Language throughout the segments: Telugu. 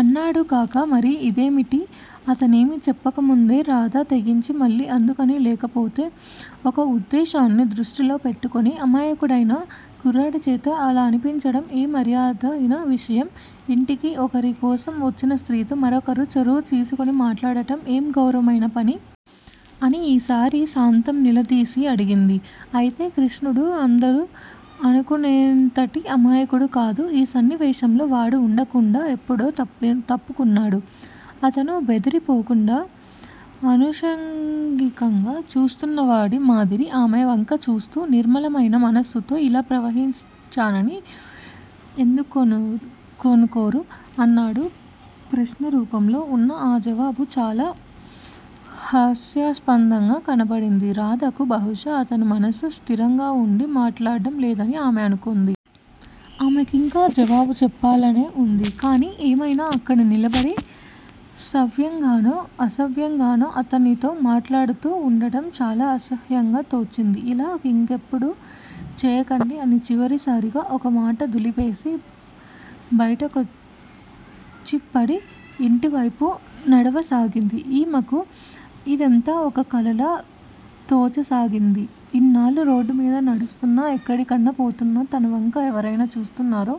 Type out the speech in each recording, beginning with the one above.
అన్నాడు కాక మరి ఇదేమిటి? అతనేమీ చెప్పకముందే రాధ తెగించి మళ్ళీ అందుకుని, లేకపోతే ఒక ఉద్దేశాన్ని దృష్టిలో పెట్టుకుని అమాయకుడైన కుర్రాడిచేత అలా అనిపించటం ఏం మర్యాదైన విషయం? ఇంటికి ఒకరి కోసం వచ్చిన స్త్రీతో మరొకరు చొరవ తీసుకుని మాట్లాడటం ఏం గౌరవమైన పని? అని ఈసారి సాంతం నిలదీసి అడిగింది. అయితే కృష్ణుడు అందరూ అనుకునేంతటి అమాయకుడు కాదు. ఈ సన్నివేశంలో వాడు వుండకుండా ఎప్పుడో తప్పుకున్నాడు. అతను బెదిరిపోకుండా, అనుషంగికంగా చూస్తున్నవాడి మాదిరి ఆమె వంక చూస్తూ నిర్మలమైన మనస్సుతో ఇలా ప్రవర్తించానని ఎందుకనుకోరు? అన్నాడు. ప్రశ్నరూపంలో వున్న ఈ జవాబు చాలా హాస్యాస్పదంగా కనబడింది రాధకు బహుశా అతను మనస్సు స్థిరంగా వుండి మాట్లాడటం లేదని ఆమె అనుకుంది. ఆమెకింకా జవాబు చెప్పాలనే వుంది. కాని ఏమైనా అక్కడ నిలబడి సవ్యంగానో, అవసవ్యంగానో అతనితో మాట్లాడుతూ వుండటం చాలా అసహ్యంగా తోచింది. ఇలా ఇంకెప్పుడూ చేయకండి అని చివరిసారిగా ఒక మాట దులిపేసి బైటకొచ్చిపడి, ఇంటివైపు నడవసాగింది. ఆమెకు ఇదంతా ఒక కలలా తోచసాగింది. ఇన్నాళ్ళూ రోడ్డుమీద నడుస్తున్నా, ఎక్కడికన్నా పోతున్నా తనవంక ఎవరైనా చూస్తున్నారో,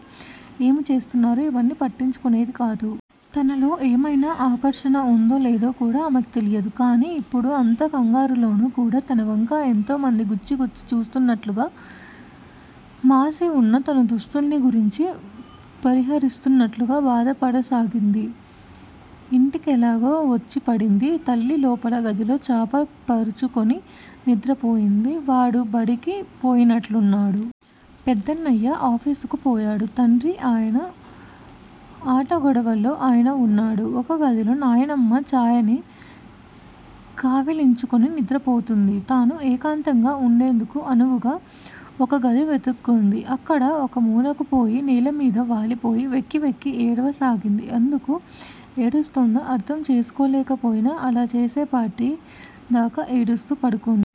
ఏమి చేస్తున్నారో ఇవన్నీ పట్టించుకునేదికాదు. తనలో ఏమయినా ఆకర్షణ వుందో లేదో కూడా ఆమెకు తెలీదు. కాని, ఇప్పుడు అంత కంగారులోనూ కూడా తనవంక ఎంతోమంది గుచ్చి గుచ్చి చూస్తున్నట్లుగా మాసివున్న తన దుస్తుల్ని గురించి పరిహసిస్తున్నట్లూ బాధపడసాగింది. ఇంటికెలాగో వచ్చిపడింది. తల్లి లోపల గదిలో చాప పరుచుకుని నిద్రపోయింది. వాడు బడికి పోయినట్లున్నాడు! పెద్దన్నయ్య ఆఫీసుకు పోయాడు. తండ్రి ఆయన ఆటగొడవలో ఆయన వున్నాడు. ఒక గదిలో నాయనమ్మ ఛాయని కావిలించుకుని నిద్రపోతోంది. తను ఏకాంతంగా వుండేందుకు అనువుగా ఒక గది వెతుక్కుంది. అక్కడ ఒక మూలకుపోయి నేలమీద వాలిపోయి వెక్కి వెక్కి ఏడవసాగింది. ఎందుకు ఏడుస్తూందో అర్థం చేసుకోలేకపోయినా, అలా చేసేపటి దాకా ఏడుస్తూ పడుకుంది.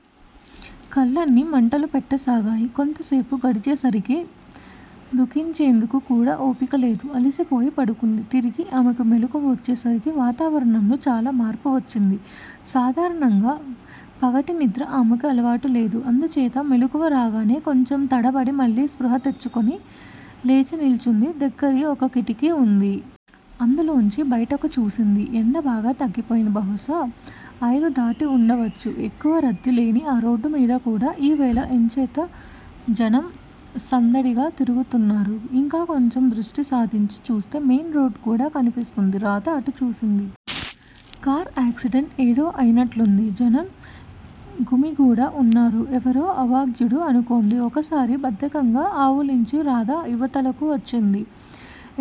కళ్ళన్నీ మంటలు పెట్టసాగాయి. కొంతసేపు గడిచేసరికి దుఃఖించేందుకు కూడా ఓపికలేక- అలసిపోయి పడుకుంది. తిరిగి ఆమెకు మెలకువ వచ్చేసరికి వాతావరణంలో చాలా మార్పు వచ్చింది. సాధారణంగా పగటినిద్ర ఆమెకు అలవాటులేదు. అందుచేత మెలకువ రాగానే కొంచెం తడబడి మళ్ళీ స్పృహ తెచ్చుకుని లేచినిల్చుంది దగ్గిర ఒక కిటికీ వుంది. అందులోంచి బయటకు చూసింది. ఎండ బాగా తగ్గిపోయింది. బహుశా ఐదుదాటి వుండవచ్చు. ఎక్కువ రద్దీ లేని ఆ రోడ్డు మీద కూడా ఈ వేళ ఎంచేతో జనం సందడిగా తిరుగుతున్నారు. ఇంకా కొంచెం దృష్టి సారించి చూస్తే మెయిన్ రోడ్ కూడా కనిపిస్తుంది. రాధ అటు చూసింది. కారు యాక్సిడెంటు ఏదో అయినట్లుంది. జనం గుమిగూడి వున్నారు. ఎవరో అభాగ్యుడు అనుకుంది. ఒకసారి బద్ధకంగా ఆవులించి రాధ ఇవతలకు వచ్చింది.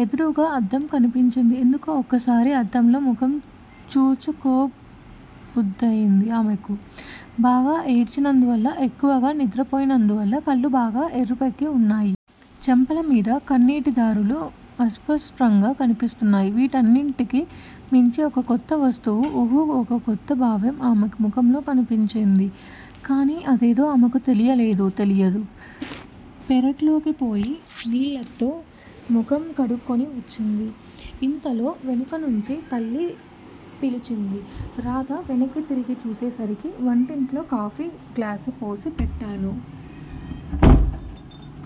ఎదురుగా అద్దం కనిపించింది. ఎందుకో ఒకసారి అద్దంలో ముఖం చూచుకోబుద్ధయింది ఆమెకు. బాగా ఏడ్చినందువల్లా, ఎక్కువగా నిద్రపోయినందువల్లా కళ్ళు బాగా ఎరుపెక్కి వున్నాయి. చెంపలమీద కన్నీటిధారలు అస్పష్టంగా కనిపిస్తున్నాయి. వీటన్నింటికీ మించి ఒక కొత్త వస్తువు ఉహుఁ ఒక కొత్త భావం ఆమె ముఖంలో కనిపించింది. కాని అదేదో ఆమెకు తెలియలేదు, తెలియదు. పెరట్లోకిపోయి నీళ్ళతో ముఖం కడుక్కుని వచ్చింది. ఇంతలో వెనకనుంచి తల్లి పిలిచింది. రాధ వెనక్కి తిరిగి చూసేసరికి వంటింట్లో కాఫీ గ్లాసుపోసి పెట్టాను.